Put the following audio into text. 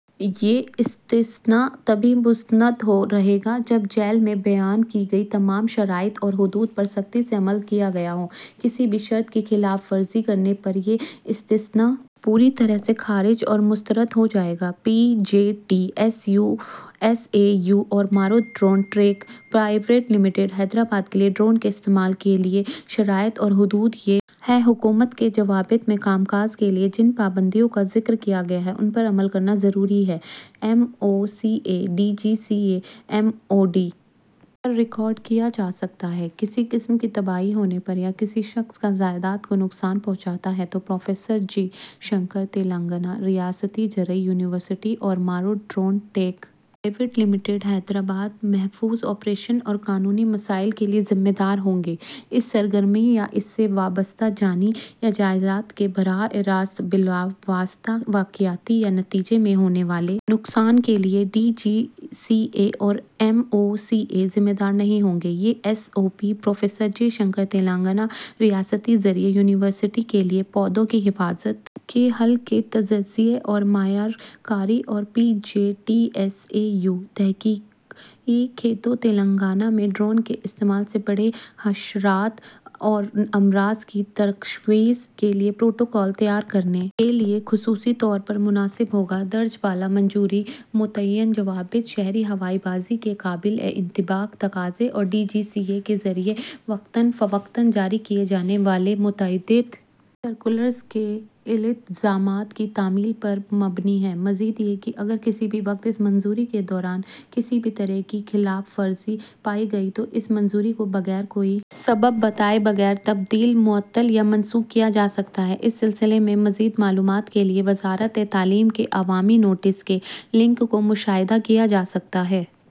یہ استثنیٰ تبھی مستند رہے گا جب ذیل میں بیان کی گئی تمام شرائط اور حدود پر سختی سے عمل کیا گیا ہو کسی بھی شرط کی خلاف ورزی کرنے پر یہ استثنیٰ پوری طرح سے خارج اور مسترد ہو جائے گا P J T S A U اور Marut drone tech private limited Hyderabad کے لیے ڈرون کے استعمال کے لیے شرائط اور حدود یہ ہیں حکومت کے ضابطوں میں کام کاج کے لیے جن پابندیوں کا ذکر کیا گیا ہے ان پر عمل کرنا ضروری ہے M O C A D G C A M O D پر ریکارڈ کیا جا سکتا ہے کسی قسم کی تباہی ہونے پر یا کسی شخص یا جائیداد کو نقصان پہنچتا ہے تو پروفیسر جے شنکر تلنگانہ ریاستی زرعی یونیورسٹی اور Marut drone tech private limited Hyderabad محفوظ آپریشن اور قانونی مسائل کے لیے ذمہ دار ہوں گے اس سرگرمی یا اس سے وابستہ جانی یا جائیداد کے براہ راست بالواسطہ واقعاتی یا نتیجے میں ہونے والے نقصان کے لیے ڈی جی سی اے اور ایم او سی اے ذمہ دار نہیں ہوں گے یہ S O P professor J Shankar Telangana ریاستی زرعی یونیورسٹی کے لیے پودوں کی حفاظت کے حل کے تجزیے اور معیار کاری اور P J T S A U تحقیقی کھیتوں تلنگانہ میں ڈرون کے استعمال سے بڑے حشرات اور امراض کی تشخیص کے لیے پروٹوکول تیار کرنے کے لیے خصوصی طور پر موزوں ہو گا درج بالا منظوری متعینہ ضوابط شہری ہوابازی کے قابل اطلاق تقاضے اور ڈی جی سی اے کے ذریعہ وقتاً فوقتاً جاری کیے جانے والے متعدد سرکلرز کے التزامات کی تعمیل پر مبنی ہے مزید یہ کہ اگر کسی بھی وقت اس منظوری کے دوران کسی بھی طرح کی خلاف ورزی پائی گئی تو اس منظوری کو بغیر کوئی سبب بتائے تبدیل معطل یا منسوخ کیا جا سکتا ہے اس سلسلے میں مزید معلومات کے لیے وزارتِ تعلیم کے عوامی نوٹس کے لنک کا مشاہدہ کیا جا سکتا ہے